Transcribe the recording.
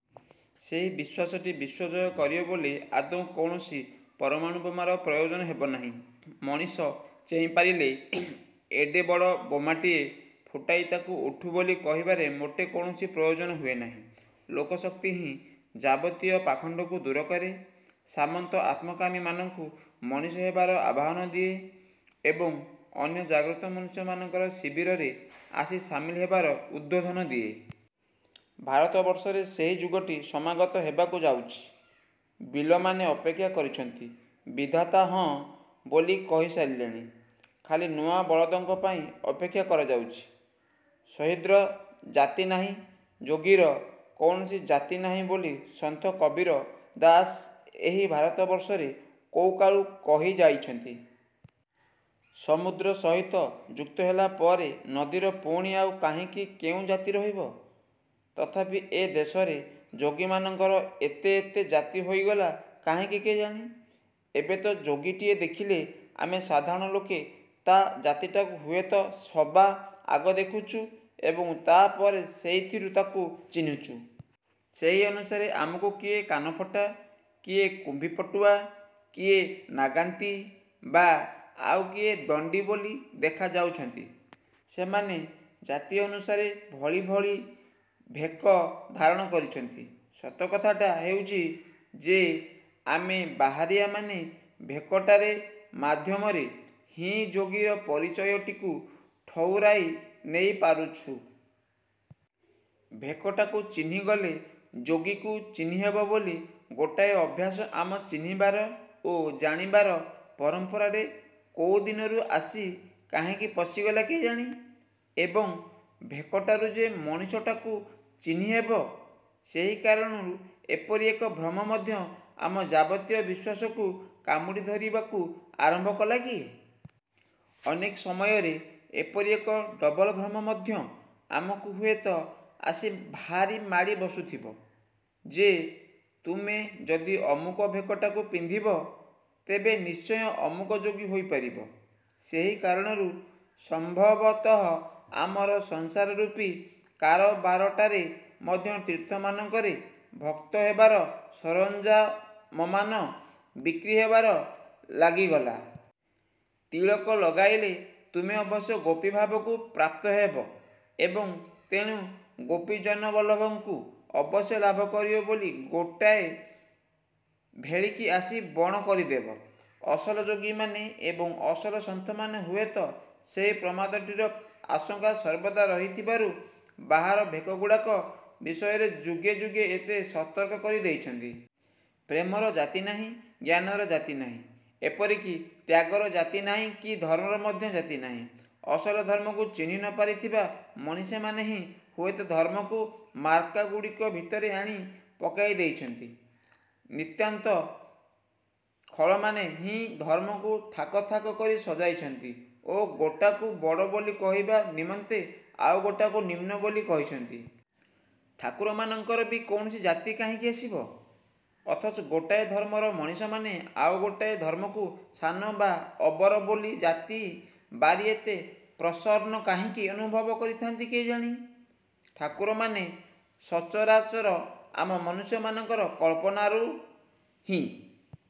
ସେହି ବିଶ୍ୱାସଟି ବିଶ୍ଵ ଜୟ କରିବ ବୋଲି ଆଦୌ କୌଣସି ପରମାଣୁ ବୋମାର ପ୍ରୟୋଜନ ହେବନାହିଁ। ମଣିଷ ଚେଇଁ ପାରିଲେ ଏଡ଼େ ବଡ଼ ବୋମାଟାଏ ଫୁଟାଇ ତାକୁ ଉଠୁ ବୋଲି କହିବାରେ ମୋଟେ କୌଣସି ପ୍ରୟୋଜନ ହୁଏନାହିଁ। ଲୋକଶକ୍ତି ହିଁ ଯାବତୀୟ ପାଖଣ୍ଡକୁ ଦୂର କରେ, ସାମନ୍ତ ଆତ୍ମକାମୀମାନଙ୍କୁ ମଣିଷ ହେବାର ଆବାହନ ଦିଏ ଏବଂ ଅନ୍ୟ ଜାଗ୍ରତ ମନୁଷ୍ୟମାନଙ୍କର ଶିବିରରେ ଆସି ସାମିଲ ହେବାର ଉଦ୍ବୋଧନ ଦିଏ। ଭାରତବର୍ଷରେ ସେହି ଯୁଗଟି ସମାଗତ ହେବାକୁ ଯାଉଛି। ବିଲମାନେ ଅପେକ୍ଷା କରିଛନ୍ତି। ବିଧାତା ହଁ ବୋଲି କହି ସାରିଲାଣି। ଖାଲି ନୂଆ ବଳଦଙ୍କ ପାଇଁ ଅପେକ୍ଷା କରାଯାଉଛି। ସହୀଦ୍ର ଜାତି ନାହିଁ ଯୋଗୀର କୌଣସି ଜାତି ନାହିଁ ବୋଲି ସନ୍ଥ କବୀର ଦାସ ଏହି ଭାରତବର୍ଷରେ କୋଉକାଳୁ କହିଯାଇଛନ୍ତି। ସମୁଦ୍ର ସହିତ ଯୁକ୍ତ ହେଲାପରେ ନଦୀର ପୁଣି ଆଉ କାହିଁକି କେଉଁ ଜାତି ରହିବ।? ତଥାପି ଏହି ଦେଶରେ ଯୋଗୀମାନଙ୍କର ଏତେ ଏତେ ଜାତି ହୋଇଗଲା କାହିଁକି କେଜାଣି? ଏବେ ତ ଯୋଗୀଟିଏ ଦେଖିଲେ ଆମେ ସାଧାରଣ ଲୋକେ ତା' ଜାତିଟାକୁ ହୁଏତ ସବା ଆଗ ଦେଖୁଛୁ ଏବଂ ତା'ପରେ ସେଇଥିରୁ ତାକୁ ଚିହ୍ନୁଛୁ। ସେହି ଅନୁସାରେ ଆମକୁ କିଏ କାନଫଟା, କିଏ କୁମ୍ଭୀପଟୁଆ, କିଏ ନାଗାନ୍ତୀ ବା ଆଉ କିଏ ଦଣ୍ଡୀ ବୋଲି ଦେଖାଯାଉଛନ୍ତି। ସେମାନେ ଜାତି ଅନୁସାରେ ଭଳି ଭଳି ଭେକ ଧାରଣ କରିଛନ୍ତି। ସତକଥାଟା ହେଉଛି ଯେ, ଆମେ ବାହାରିଆମାନେ ଭେକଟାର ମାଧ୍ୟମରେ ହିଁ ଯୋଗୀର ପରିଚୟଟିକୁ ଠଉରାଇ ନେଇପାରୁଛୁ। ଭେକଟାକୁ ଚିହ୍ନିଗଲେ ଯୋଗୀକୁ ଚିହ୍ନିହେବ ବୋଲି ଗୋଟାଏ ଅଭ୍ୟାସ ଆମ ଚିହ୍ନିବାର ଓ ଜାଣିବାର ପରମ୍ପରାରେ କୋଉଦିନରୁ ଆସି କାହିଁକି ପଶିଗଲା କେଜାଣି? ଏବଂ, ଭେକଟାରୁ ଯେ ମଣିଷଟାକୁ ଚିହ୍ନିହେବ, ସେହି କାରଣରୁ ଏପରି ଏକ ଭ୍ରମ ମଧ୍ୟ ଆମ ଯାବତୀୟ ବିଶ୍ୱାସକୁ କାମୁଡ଼ି ଧରିବାକୁ ଆରମ୍ଭ କଲା କି? ଅନେକ ସମୟରେ ଏପରି ଏକ ଡ଼ବଲ ଭ୍ରମ ମଧ୍ୟ ଆମକୁ ହୁଏତ ଆସି ଭାରି ମାଡ଼ି ବସୁଥିବ ଯେ, ତୁମେ ଯଦି ଅମୁକ ଭେକଟାକୁ ପିନ୍ଧିବ, ତେବେ ନିଶ୍ଚୟ ଅମୁକ ଯୋଗୀ ହୋଇପାରିବ। ସେହି କାରଣରୁ ସମ୍ଭବତଃ ଆମର ସଂସାରରୂପୀ କାରବାରଟାରେ ମଧ୍ୟ ତୀର୍ଥମାନଙ୍କରେ ଭକ୍ତ ହେବାର ସରଞ୍ଜାମମାନ ବିକ୍ରି ହେବାରେ ଲାଗିଗଲା। ତିଳକ ଲଗାଇଲେ ତୁମେ ଅବଶ୍ୟ ଗୋପୀଭାବକୁ ପ୍ରାପ୍ତ ହେବ ଏବଂ ତେଣୁ ଗୋପୀଜନବଲ୍ଲଭଙ୍କୁ ଅବଶ୍ୟ ଲାଭ କରିବ ବୋଲି ଗୋଟାଏ ଭେଳିକି ଆସି ବଣା କରିଦେବ। ଅସଲ ଯୋଗୀମାନେ ଏବଂ ଅସଲ ସନ୍ଥମାନେ ହୁଏତ ସେହି ପ୍ରମାଦଟିର ଆଶଙ୍କା ସର୍ବଦା ରହିଥିବାରୁ ବାହାର ଭେକଗୁଡ଼ାକ ବିଷୟରେ ଯୁଗେ ଯୁଗେ ଏତେ ସତର୍କ କରି ଦେଇଛନ୍ତି। ପ୍ରେମର ଜାତି ନାହିଁ, ଜ୍ଞାନର ଜାତି ନାହିଁ। ଏପରିକି ତ୍ୟାଗର ଜାତି ନାହିଁ କି ଧର୍ମର ମଧ୍ୟ ଜାତି ନାହିଁ। ଅସଲ ଧର୍ମକୁ ଚିହ୍ନି ନ ପାରିଥିବା ମଣିଷମାନେ ହିଁ ହୁଏତ ଧର୍ମକୁ ମାର୍କାଗୁଡ଼ିକ ଭିତରେ ଆଣି ପକାଇ ଦେଇଛନ୍ତି। ନିତାନ୍ତ ଖଳମାନେ ହିଁ ଧର୍ମକୁ ଥାକ ଥାକ କରି ସଜାଇଛନ୍ତି ଓ ଗୋଟାକୁ ବଡ଼ ବୋଲି କହିବା ନିମନ୍ତେ ଆଉ ଗୋଟାକୁ ନିମ୍ନ ବୋଲି କହିଛନ୍ତି। ଠାକୁରମାନଙ୍କର ବି କୌଣସି ଜାତି କାହିଁକି ଆସିବ? ଅଥଚ ଗୋଟାଏ ଧର୍ମର ମଣିଷମାନେ ଆଉ ଗୋଟାଏ ଧର୍ମକୁ ସାନ ବା ଅବର ବୋଲି ଜାତି ବାରି ଏତେ ପ୍ରସନ୍ନ କାହିଁକି ଅନୁଭବ କରିଥାନ୍ତି କେଜାଣି? ଠାକୁରମାନେ ସଚରାଚର ଆମ ମନୁଷ୍ୟମାନଙ୍କର କଳ୍ପନାରୁ ହିଁ